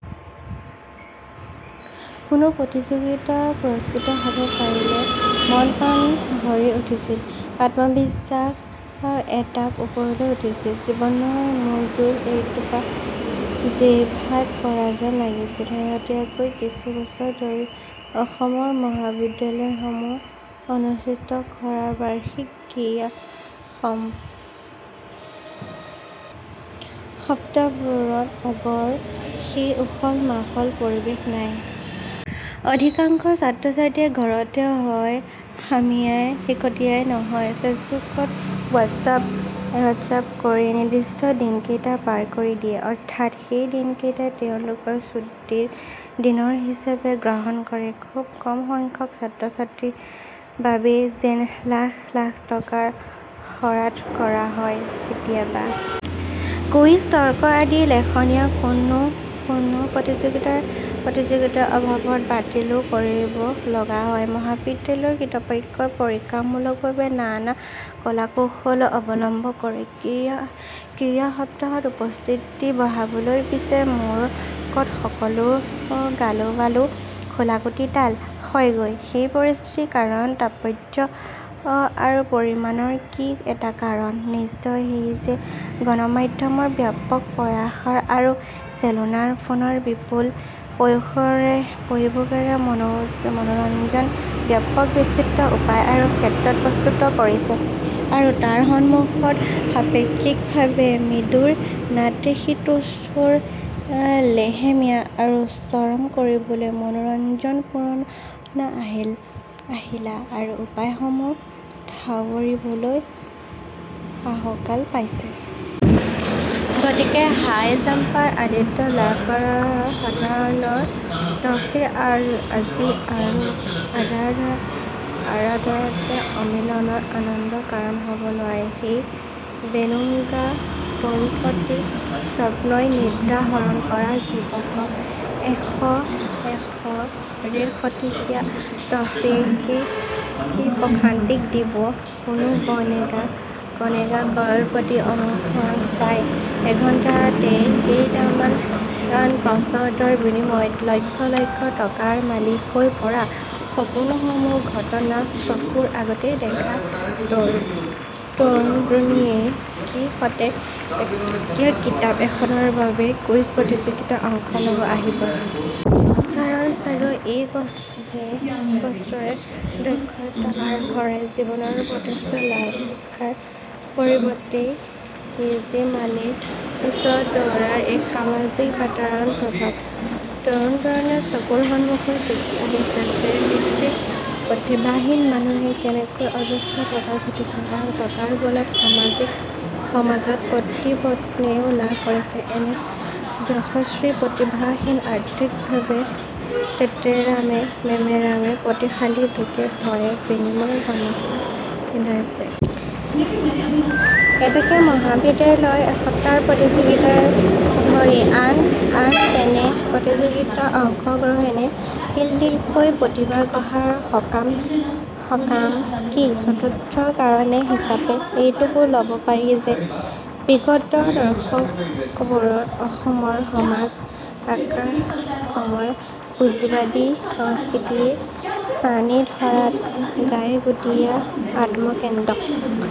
কোনো প্ৰতিযোগিতাত পুৰস্কৃত হব পাৰিলে মনপ্ৰাণ ভৰি উঠিছিল, আত্মবিশ্বাস এঢাপ ওপৰলৈ উঠিছিল। জীৱনৰ মৌজোল এটোপা জিভাত পৰা যেন লাগিছিল। শেহতীয়া কিছুবছৰ ধৰি অসমৰ মহাবিদ্যালয়সমূহে অনুষ্ঠিত কৰা বাৰ্ষিক ক্ৰীড়া সপ্তাহবোৰত আগৰ সেই উখল মাখল পৰিৱেশ নাই। অধিকাংশ ছাত্ৰছাত্ৰীয়ে ঘৰতে হয় হামিয়াই হিকটিয়াই নহয় ফেইচবুক হোৱাটচএপ্ কৰি নিৰ্দিষ্ট দিনকেইটা পাৰ কৰি দিয়ে। অৰ্থাৎ, সেই দিনকেইটা তেওঁলোকে ছূটীৰ দিন হিচাপে গ্ৰহণ কৰে। খুব কমসংখ্যক ছাত্ৰ-ছাত্ৰীৰ বাবেই যেন লাখ লাখ টকাৰ শৰাধ কৰা হয়। কেতিয়াবা কুইজ, তৰ্ক আদিৰ লেখীয়া কোনো কোনো প্ৰতিযোগিতা প্ৰতিযোগীৰ অভাৱত বাতিলো কৰিব লগা হয়। মহাবিদ্যালয় কৰ্তৃপক্ষই পৰীক্ষামূলকভাৱে নানান কলাকৌশল অৱলম্বন কৰে ক্ৰীড়া সপ্তাহত উপস্থিতি বঢ়াবলৈ। পিছে, মূৰকত সকলো গালোঁবালোঁ খোলাকুটিৰ তাল হয়গৈ। এই পৰিস্থিতিৰ কাৰণ তাৎপৰ্য আৰু পৰিণাম কি, এটা কাৰণ নিশ্চয় এই যে গণমাধ্যমৰ ব্যাপক প্ৰসাৰ আৰু চেলুলাৰ ফোনৰ বিপুল পয়োভৰে মনোৰঞ্জনৰ ব্যাপক বিচিত্ৰ উপায় আৰু ক্ষেত্ৰ প্ৰস্তুত কৰিছে আৰু তাৰ সমুখত আপেক্ষিকভাৱে মৃদু নাতিশীতোষ্ণ লেহেমীয়া আৰু চমকবিৰল মনোৰঞ্জনৰ পুৰণা আহিলা আৰু উপায়সমূহে ঠাৱৰিবলৈ আহুকাল পাইছে। গতিকে হাই জাম্প্ আদিত লাভ কৰা সাধাৰণ ট্ৰফী আজি আৰু আগৰদৰে অমলিন আনন্দৰ কাৰণ হব নোৱাৰে।‌মেই বনুংগা কৰোড়পতিৰ স্বপ্নই নিদ্ৰা হৰণ কৰা যুৱকক এশ ডেৰশটকীয়া ট্ৰফীয়ে কি প্ৰশান্তি দিব! কৌন বনেগা কৰোড়পতি অনুষ্ঠান চাই এঘণ্টাতে কেইটামান প্ৰশ্নোত্তৰৰ বিনিময়ত লক্ষ লক্ষ টকাৰ মালিক হৈ পৰা সপোনসম ঘটনা চকুৰ আগতে দেখা তৰুণতৰুণীয়ে কি সতে এশটকীয়া কিতাপ এখনৰ বাবে কুইজ প্ৰতিযোগিতাত অংশ লব আহিব। তৃতীয় কাৰণ চাগৈ এই যে কষ্টেৰে দক্ষতা আহৰণেৰে জীৱনত প্ৰতিষ্ঠা লভাৰ পৰিৱৰ্তে ইজি মানিৰ পিছত দৌৰাৰ এক সামাজিক বাতাৱৰণৰ প্ৰভাৱ । তৰুণতৰুণীয়ে চকুৰ সমুখত দেখি আহিছে যে বিশেষ প্ৰতিভাহীন মানুহেই কেনেবাকৈ অজস্ৰ টকা ঘটিছে আৰু টকাৰ বলত সমাজত প্ৰতিপত্তিও লাভ কৰিছে, এনে যশস্বী প্ৰতিভাহীনক আৰ্থিকভাৱে টেটেৰামেমেৰা প্ৰতিভাশালী লোকেই ভয়ে বিনয়ে গামোচা পিন্ধাইছে। এতেকে মহাবিদ্যালয় সপ্তাহৰ প্ৰতিযোগিতাকে ধৰি আন তেনে প্ৰতিযোগিতাতো অংশগ্ৰহণেৰে তিলতিলকৈ প্ৰতিভা গঢ়াৰ সকাম কি! চতুৰ্থ কাৰণ হিচাপে এইটোকো লব পাৰি যে বিগত দশকবোৰত অসমৰ সমাজ। আকাশ ক্ৰমশঃ পুঁজিবাদী সংস্কৃতিয়ে ছানি ধৰাত গাইগুটীয়া আত্মকেন্দ্ৰিক